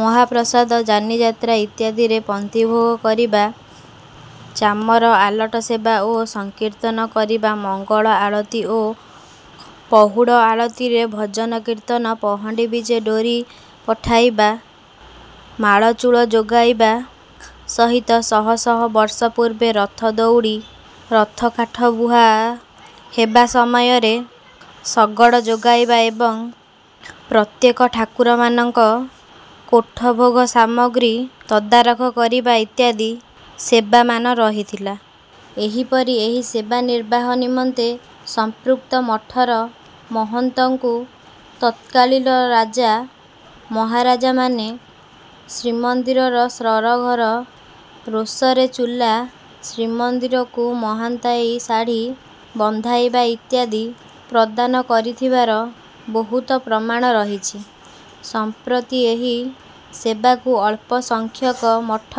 ମହାପ୍ରସାଦ, ଯାନିଯାତ୍ରା ଇତ୍ୟାଦିରେ ପନ୍ତି ଭୋଗ କରିବା, ଚାମର, ଆଲଟ ସେବା ଓ ସଂକୀର୍ତ୍ତନ କରିବା, ମଙ୍ଗଳ ଆଳତି ଓ ପହୁଡ଼ ଆଳତିରେ ଭଜନ କୀର୍ତ୍ତନ, ପହଣ୍ଡି ବିଜେର ଡୋରୀ ପଠାଇବା, ମାଳଚୂଳ ଯୋଗାଇବା ସହିତ ଶହ ଶହ ବର୍ଷ ପୂର୍ବେ ରଥ ଦଉଡ଼ି, ରଥକାଠ ବୁହା ହେବା ସମୟରେ ଶଗଡ଼ ଯୋଗାଇବା ଏବଂ ପ୍ରତ୍ୟେକ ଠାକୁରମାନଙ୍କ କୋଠ ଭୋଗ ସାମଗ୍ରୀ ତଦାରଖ ଇତ୍ୟାଦି ସେବାମାନ ରହିଥିଲା। ଏହିପରି ଏହି ସେବା ନିର୍ବାହ ନିମନ୍ତେ ସମ୍ପୃକ୍ତ ମଠର ମହନ୍ତମାନଙ୍କୁ ତତ୍କାଳୀନ ରାଜା ମହାରାଜାମାନେ ଶ୍ରୀମନ୍ଦିର ସରଘର, ରୋଷରେ ଚୁଲା, ଶ୍ରୀମନ୍ଦିରକୁ ମହନ୍ତାଇ ଶାଢ଼ୀ ବନ୍ଧାଇବା ଇତ୍ୟାଦି ପ୍ରଦାନ କରିଥିବାର ବହୁତ ପ୍ରମାଣ ରହିଛି। ସମ୍ପ୍ରତି ଏହି ସେବାରୁ ଅଳ୍ପ ସଂଖ୍ୟକ ମଠ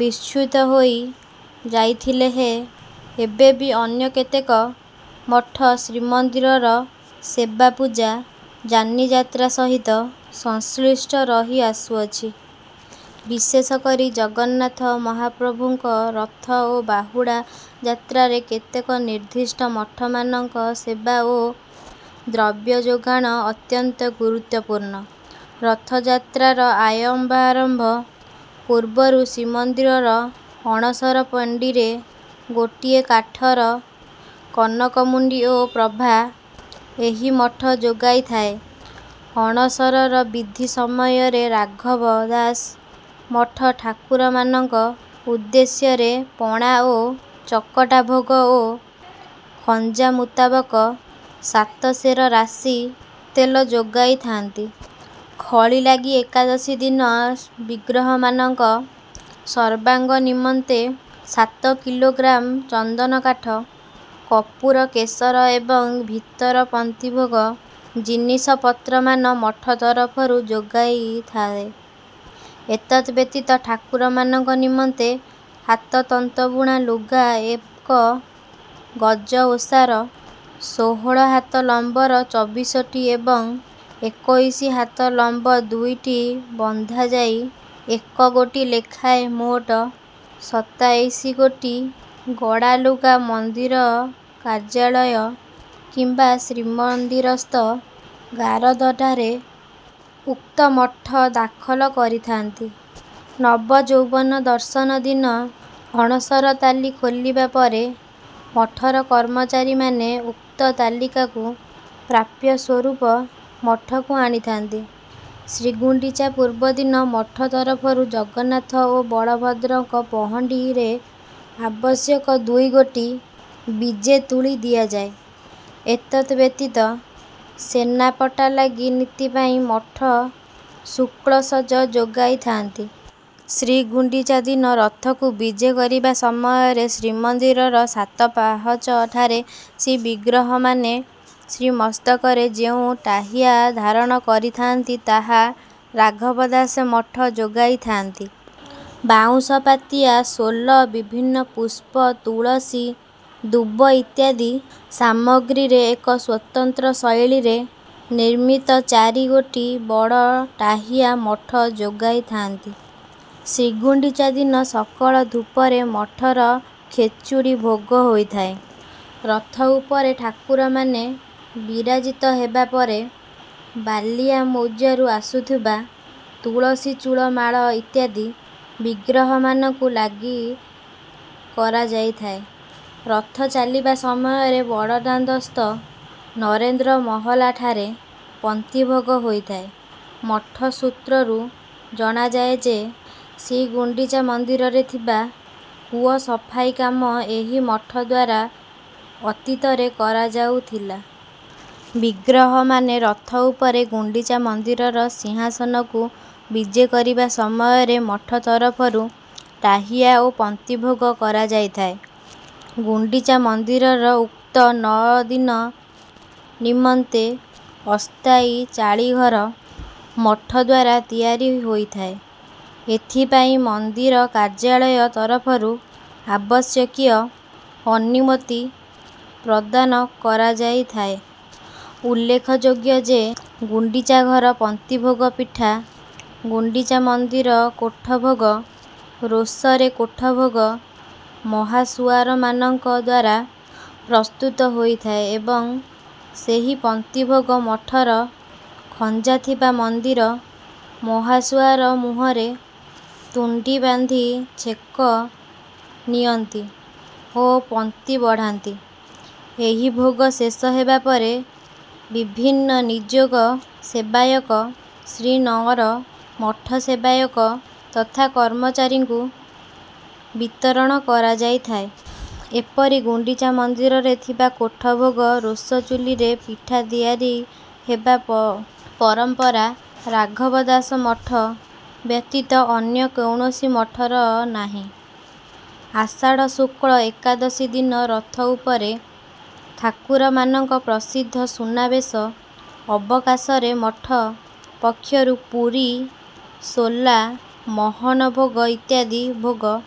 ବିଚ୍ୟୁତ ହୋଇ ଯାଇଥିଲେ ହେଁ, ଏବେ ବି ଅନ୍ୟ କେତେକ ମଠ ଶ୍ରୀମନ୍ଦିରର ସେବାପୂଜା, ଯାନିଯାତ୍ରା ସହିତ ସଂଶ୍ଳିଷ୍ଟ ରହି ଆସୁଅଛନ୍ତି। ବିଶେଷକରି ଜଗନ୍ନାଥ ମହାପ୍ରଭୁଙ୍କର ରଥ ଓ ବାହୁଡ଼ା ଯାତ୍ରାରେ କେତେକ ନିର୍ଦ୍ଦିଷ୍ଟ ମଠମାନଙ୍କର ସେବା ଓ ଦ୍ରବ୍ୟ ଯୋଗାଣ ଅତ୍ୟନ୍ତ ଗୁରୁତ୍ୱପୂର୍ଣ୍ଣ। ରଥଯାତ୍ରାର ଅୟମାରମ୍ଭ ପୂର୍ବରୁ ଶ୍ରୀମନ୍ଦିରର ଅଣସର ପିଣ୍ଡିରେ ଗୋଟିଏ କାଠର କନକମୁଣ୍ଡି ଓ ପ୍ରଭା ଏହି ମଠ ଯୋଗାଇଥାଏ। ଅଣସର ବିଧି ସମୟରେ ରାଘବ ଦାସ ମଠ ଠାକୁରମାନଙ୍କ ଉଦ୍ଦେଶ୍ୟରେ ପଣା ଓ ଚକଟା ଭୋଗ, ଓ ଖଞ୍ଜା ମୁତାବକ ସାତ ସେର ରାଶି ତେଲ ଯୋଗାଇଥାନ୍ତି। ଖଳିଲାଗି ଏକାଦଶୀ ଦିନ ବିଗ୍ରହମାନଙ୍କ ସର୍ବାଙ୍ଗ ନିମନ୍ତେ ସାତ କିଲୋଗ୍ରାମ ଚନ୍ଦନକାଠ, କର୍ପୂର, କେଶର ଏବଂ ଭିତର ପନ୍ତି ଭୋଗ ଜିନିଷପତ୍ର ମାନ ମଠ ତରଫରୁ ଯୋଗାଯାଇଥାଏ। ଏତଦ୍ ବ୍ୟତୀତ ଠାକୁରମାନଙ୍କ ନିମନ୍ତେ ହାତତନ୍ତ ବୁଣା ଲୁଗା ଏକ ଗଜ ଓସାର, ଷୋହଳ ହାତ ଲମ୍ବର ଚୋବିଶିଟି ଏବଂ ଏକୋଇଶି ହାତ ଲମ୍ବ ଦୁଇଟି ବନ୍ଧା ଯାଇ ଏକଗୋଟି ଲେଖାଏଁ ମୋଟ ସତାଇଶି ଗୋଟି ଗଡ଼ା ଲୁଗା ମନ୍ଦିର କାର୍ଯ୍ୟାଳୟ କିମ୍ବା ଶ୍ରୀମନ୍ଦିରସ୍ଥ ଗାରଦଠାରେ ଉକ୍ତ ମଠ ଦାଖଲ କରିଥାନ୍ତି। ନବଯୌବନ ଦର୍ଶନ ଦିନ ଅଣସର ତାଟି ଖୋଲିବା ପରେ ମଠର କର୍ମଚାରୀମାନେ ଉକ୍ତ ତାଟିକୁ ପ୍ରାପ୍ୟ ସ୍ୱରୂପ ମଠକୁ ଆଣିଥାନ୍ତି। ଶ୍ରୀଗୁଣ୍ଡିଚା ପୂର୍ବ ଦିନ ମଠ ତରଫରୁ ଜଗନ୍ନାଥ ଓ ବଳଭଦ୍ରଙ୍କ ପହଣ୍ଡିରେ ଆବଶ୍ୟକ ଦୁଇ ଗୋଟି ବିଜେ ତୁଳୀ ଦିଆଯାଏ। ଏତଦ୍ ବ୍ୟତୀତ ସେନାପଟା ଲାଗି ନୀତି ପାଇଁ ମଠ ଶୁକ୍ଳ ସଜ ଯୋଗାଇଥାନ୍ତି। ଶ୍ରୀଗୁଣ୍ଡିଚା ଦିନ ରଥକୁ ବିଜେ କରିବା ସମୟରେ ଶ୍ରୀମନ୍ଦିରର ସାତ ପାହାଚଠାରେ ଶ୍ରୀବିଗ୍ରହମାନେ ଶ୍ରୀମସ୍ତକରେ ଯେଉଁ ଟାହିୟା ଧାରଣ କରିଥାନ୍ତି, ତାହା ରାଘବ ଦାସ ମଠ ଯୋଗାଇଥାନ୍ତି। ବାଉଁଶ ପାତିଆ, ସୋଲ, ବିଭିନ୍ନ ପୁଷ୍ପ, ତୁଳସୀ, ଦୁବ ଇତ୍ୟାଦି ସାମଗ୍ରୀରେ ଏକ ସ୍ୱତନ୍ତ୍ର ଶୈଳୀରେ ନିର୍ମିତ ଚାରି ଗୋଟି ବଡ଼ ଟାହିୟା ମଠ ଯୋଗାଇଥାନ୍ତି। ଶ୍ରୀଗୁଣ୍ଡିଚା ଦିନ ସକାଳ ଧୂପରେ ମଠର ଖେଚୁଡ଼ି ଭୋଗ ହୋଇଥାଏ। ରଥ ଉପରେ ଠାକୁରମାନେ ବିରାଜିତ ହେବା ପରେ ବାଲିଆ ମୌଜାରୁ ଆସିଥିବା ତୁଳସୀ ଚୂଳମାଳ ଇତ୍ୟାଦି ବିଗ୍ରହମାନଙ୍କୁ ଲାଗି କରାଯାଇଥାଏ। ରଥ ଚାଲିବା ସମୟରେ ବଡ଼ଦାଣ୍ଡସ୍ଥ ନରେନ୍ଦ୍ର ମହଲାଠାରେ ପନ୍ତିଭୋଗ ହୋଇଥାଏ। ମଠ ସୂତ୍ରରୁ ଜଣାଯାଏ ଯେ, ଶ୍ରୀଗୁଣ୍ଡିଚା ମନ୍ଦିରରେ ଥିବା କୂଅ ସଫାଇ କାମ ଏହି ମଠ ଦ୍ୱାରା ଅତୀତରେ କରାଯାଉଥିଲା। ବିଗ୍ରହମାନେ ରଥ ଉପରୁ ଗୁଣ୍ଡିଚା ମନ୍ଦିରର ସିଂହାସନକୁ ବିଜେ କରିବା ସମୟରେ ମଠ ତରଫରୁ ଟାହିୟା ଓ ପନ୍ତି ଭୋଗ କରାଯାଇଥାଏ। ଗୁଣ୍ଡିଚା ମନ୍ଦିରର ଉକ୍ତ ନଅ ଦିନ ନିମନ୍ତେ ଅସ୍ଥାୟୀ ଚାଳି ଘର ମଠ ଦ୍ୱାରା ତିଆରି ହୋଇଥାଏ। ଏଥିପାଇଁ ମନ୍ଦିର କାର୍ଯ୍ୟାଳୟ ତରଫରୁ ଆବଶ୍ୟକୀୟ ଅନୁମତି ପ୍ରଦାନ କରାଯାଇଥାଏ। ଉଲ୍ଲେଖଯୋଗ୍ୟ ଯେ, ଗୁଣ୍ଡିଚା ଘର ପନ୍ତି ଭୋଗ ପିଠା ଗୁଣ୍ଡିଚା ମନ୍ଦିର କୋଠ ଭୋଗ ରୋଷରେ କୋଠଭୋଗ ମହାସୁଆରମାନଙ୍କ ଦ୍ୱାରା ପ୍ରସ୍ତୁତ ହୋଇଥାଏ ଏବଂ ସେହି ପନ୍ତିଭୋଗ ମଠର ଖଞ୍ଜାଥିବା ମନ୍ଦିରର ମହାସୁଆର ମୁହଁରେ ତୁଣ୍ଡି ବାନ୍ଧି ଛେକ ନିଅନ୍ତି ଓ ପନ୍ତି ବାଢ଼ନ୍ତି। ଏହି ଭୋଗ ଶେଷ ହେବା ପରେ ବିଭିନ୍ନ ନିଯୋଗ, ସେବାୟତ, ଶ୍ରୀନଅର, ମଠ ସେବାୟତ ତଥା କର୍ମଚାରୀଙ୍କୁ ବିତରଣ କରାଯାଇଥାଏ। ଏପରିକି ଗୁଣ୍ଡିଚା ମନ୍ଦିରରେ ଥିବା କୋଠ ଭୋଗ ରୋଷ ଚୁଲିରେ ପିଠା ତିଆରି ହେବା ପରମ୍ପରା ରାଘବ ଦାସ ମଠ ବ୍ୟତୀତ ଅନ୍ୟ କୌଣସି ମଠର ନାହିଁ। ଆଷାଢ଼ ଶୁକ୍ଳ ଏକାଦଶୀ ଦିନ ରଥ ଉପରେ ଠାକୁରମାନଙ୍କ ପ୍ରସିଦ୍ଧ ସୁନାବେଶ ଅବକାଶରେ ମଠ ପକ୍ଷରୁ ପୁରି, ସୋଲା, ମହନ ଭୋଗ ଇତ୍ୟାଦି ଭୋଗ...